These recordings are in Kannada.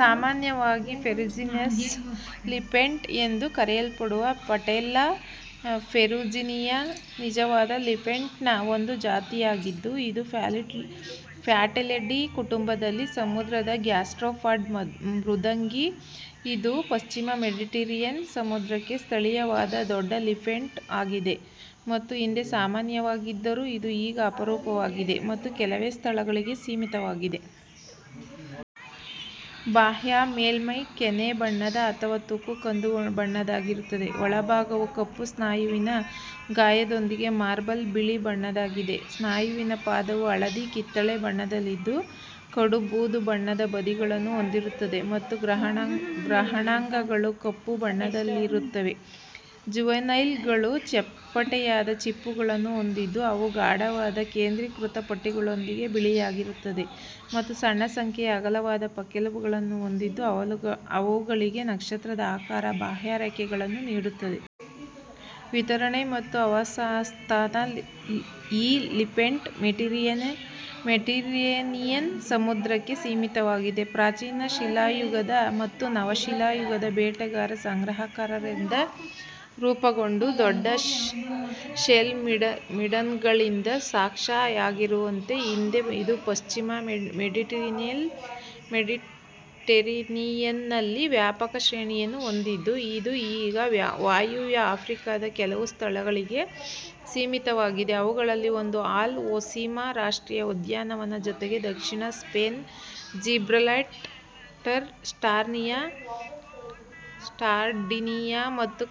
ಸಾಮಾನ್ಯವಾಗಿ ಫೆರುಜಿನಸ್ ಲಿಂಪೆಟ್ ಎಂದು ಕರೆಯಲ್ಪಡುವ ಪ್ಯಾಟೆಲ್ಲಾ ಫೆರುಜಿನಿಯಾ ನಿಜವಾದ ಲಿಂಪೆಟ್ನ ಒಂದು ಜಾತಿಯಾಗಿದ್ದು, ಇದು ಪ್ಯಾಟೆಲ್ಲಿಡೆ ಕುಟುಂಬದಲ್ಲಿ ಸಮುದ್ರದ ಗ್ಯಾಸ್ಟ್ರೋಪಾಡ್ ಮೃದ್ವಂಗಿ. ಇದು ಪಶ್ಚಿಮ ಮೆಡಿಟರೇನಿಯನ್ ಸಮುದ್ರಕ್ಕೆ ಸ್ಥಳೀಯವಾದ ದೊಡ್ಡ ಲಿಂಪೆಟ್ ಆಗಿದೆ, ಮತ್ತು ಹಿಂದೆ ಸಾಮಾನ್ಯವಾಗಿದ್ದರೂ, ಇದು ಈಗ ಅಪರೂಪವಾಗಿದೆ ಮತ್ತು ಕೆಲವೇ ಸ್ಥಳಗಳಿಗೆ ಸೀಮಿತವಾಗಿದೆ. ಬಾಹ್ಯ ಮೇಲ್ಮೈ ಕೆನೆ ಬಣ್ಣದ ಅಥವಾ ತುಕ್ಕು ಕಂದು ಬಣ್ಣದ್ದಾಗಿದ್ದರೆ, ಒಳಭಾಗವು ಕಪ್ಪು ಸ್ನಾಯುವಿನ ಗಾಯದೊಂದಿಗೆ ಮಾರ್ಬಲ್ ಬಿಳಿ ಬಣ್ಣದ್ದಾಗಿದೆ. ಸ್ನಾಯುವಿನ ಪಾದವು ಹಳದಿ-ಕಿತ್ತಳೆ ಬಣ್ಣದಲ್ಲಿದ್ದು, ಕಡು ಬೂದು ಬಣ್ಣದ ಬದಿಗಳನ್ನು ಹೊಂದಿರುತ್ತದೆ ಮತ್ತು ಗ್ರಹಣಾಂಗಗಳು ಕಪ್ಪು ಬಣ್ಣದಲ್ಲಿರುತ್ತವೆ. ಜುವೆನೈಲ್ಗಳು ಚಪ್ಪಟೆಯಾದ ಚಿಪ್ಪುಗಳನ್ನು ಹೊಂದಿದ್ದು, ಅವು ಗಾಢವಾದ ಕೇಂದ್ರೀಕೃತ ಪಟ್ಟಿಗಳೊಂದಿಗೆ ಬಿಳಿಯಾಗಿರುತ್ತವೆ ಮತ್ತು ಸಣ್ಣ ಸಂಖ್ಯೆಯ ಅಗಲವಾದ ಪಕ್ಕೆಲುಬುಗಳನ್ನು ಹೊಂದಿದ್ದು, ಅವುಗಳಿಗೆ ನಕ್ಷತ್ರದ ಆಕಾರದ ಬಾಹ್ಯರೇಖೆಗಳನ್ನು ನೀಡುತ್ತವೆ. ವಿತರಣೆ ಮತ್ತು ಆವಾಸಸ್ಥಾನ ಈ ಲಿಂಪೆಟ್ ಮೆಡಿಟರೇನಿಯನ್ ಸಮುದ್ರಕ್ಕೆ ಸೀಮಿತವಾಗಿದೆ. ಪ್ರಾಚೀನ ಶಿಲಾಯುಗದ ಮತ್ತು ನವಶಿಲಾಯುಗದ ಬೇಟೆಗಾರ ಸಂಗ್ರಹಕಾರರಿಂದ ರೂಪುಗೊಂಡ ದೊಡ್ಡ ಶೆಲ್ ಮಿಡನ್ಗಳಿಂದ ಸಾಕ್ಷಿಯಾಗಿರುವಂತೆ, ಹಿಂದೆ ಇದು ಪಶ್ಚಿಮ ಮೆಡಿಟರೇನಿಯನ್ನಲ್ಲಿ ವ್ಯಾಪಕ ಶ್ರೇಣಿಯನ್ನು ಹೊಂದಿತ್ತು. ಇದು ಈಗ ವಾಯುವ್ಯ ಆಫ್ರಿಕಾದ ಕೆಲವು ಸ್ಥಳಗಳಿಗೆ ಸೀಮಿತವಾಗಿದೆ, ಅವುಗಳಲ್ಲಿ ಒಂದು ಅಲ್ ಹೊಸಿಮಾ ರಾಷ್ಟ್ರೀಯ ಉದ್ಯಾನವನ, ಜೊತೆಗೆ ದಕ್ಷಿಣ ಸ್ಪೇನ್, ಜಿಬ್ರಾಲ್ಟರ್, ಸಾರ್ಡಿನಿಯಾ ಮತ್ತು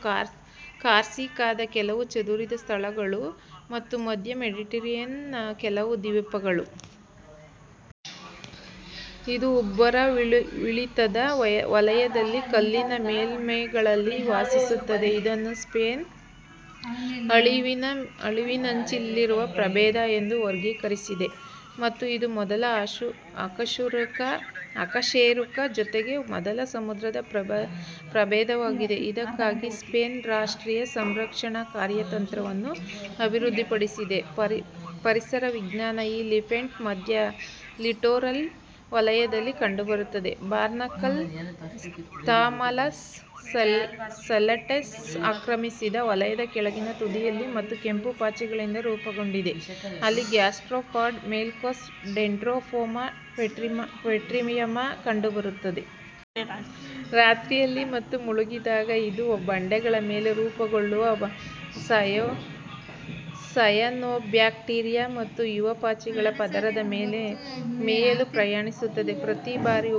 ಕಾರ್ಸಿಕಾದ ಕೆಲವು ಚದುರಿದ ಸ್ಥಳಗಳು ಮತ್ತು ಮಧ್ಯ ಮೆಡಿಟರೇನಿಯನ್ನ ಕೆಲವು ದ್ವೀಪಗಳು. ಇದು ಉಬ್ಬರವಿಳಿತದ ವಲಯದಲ್ಲಿನ ಕಲ್ಲಿನ ಮೇಲ್ಮೈಗಳಲ್ಲಿ ವಾಸಿಸುತ್ತದೆ. ಇದನ್ನು ಸ್ಪೇನ್ "ಅಳಿವಿನಂಚಿನಲ್ಲಿರುವ ಪ್ರಭೇದ" ಎಂದು ವರ್ಗೀಕರಿಸಿದೆ ಮತ್ತು ಇದು ಮೊದಲ ಅಕಶೇರುಕ, ಜೊತೆಗೆ ಮೊದಲ ಸಮುದ್ರ ಪ್ರಭೇದವಾಗಿದೆ, ಇದಕ್ಕಾಗಿ ಸ್ಪೇನ್ ರಾಷ್ಟ್ರೀಯ ಸಂರಕ್ಷಣಾ ಕಾರ್ಯತಂತ್ರವನ್ನು ಅಭಿವೃದ್ಧಿಪಡಿಸಿದೆ. ಪರಿಸರ ವಿಜ್ಞಾನ ಈ ಲಿಂಪೆಟ್ ಮಧ್ಯ-ಲಿಟ್ಟೋರಲ್ ವಲಯದಲ್ಲಿ ಕಂಡುಬರುತ್ತದೆ, ಬಾರ್ನಾಕಲ್ ಚ್ಥಮಾಲಸ್ ಸ್ಟೆಲ್ಲಟಸ್ ಆಕ್ರಮಿಸಿದ ವಲಯದ ಕೆಳಗಿನ ತುದಿಯಲ್ಲಿ ಮತ್ತು ಕೆಂಪು ಪಾಚಿಗಳಿಂದ ರೂಪುಗೊಂಡಿದೆ, ಅಲ್ಲಿ ಗ್ಯಾಸ್ಟ್ರೋಪಾಡ್ ಮೊಲಸ್ಕ್ ಡೆಂಡ್ರೊಪೊಮಾ ಪೆಟ್ರಿಯಮ್ ಕಂಡುಬರುತ್ತದೆ. ರಾತ್ರಿಯಲ್ಲಿ ಮತ್ತು ಮುಳುಗಿದಾಗ, ಇದು ಬಂಡೆಗಳ ಮೇಲೆ ರೂಪುಗೊಳ್ಳುವ ಸಯನೋಬ್ಯಾಕ್ಟೀರಿಯಾ ಮತ್ತು ಯುವ ಪಾಚಿಗಳ ಪದರದ ಮೇಲೆ ಮೇಯಲು ಪ್ರಯಾಣಿಸುತ್ತದೆ, ಪ್ರತಿ ಬಾರಿ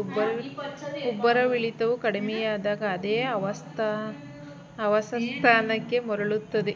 ಉಬ್ಬರವಿಳಿತವು ಕಡಿಮೆಯಾದಾಗ ಅದೇ ಆವಾಸಸ್ಥಾನಕ್ಕೆ ಮರಳುತ್ತದೆ.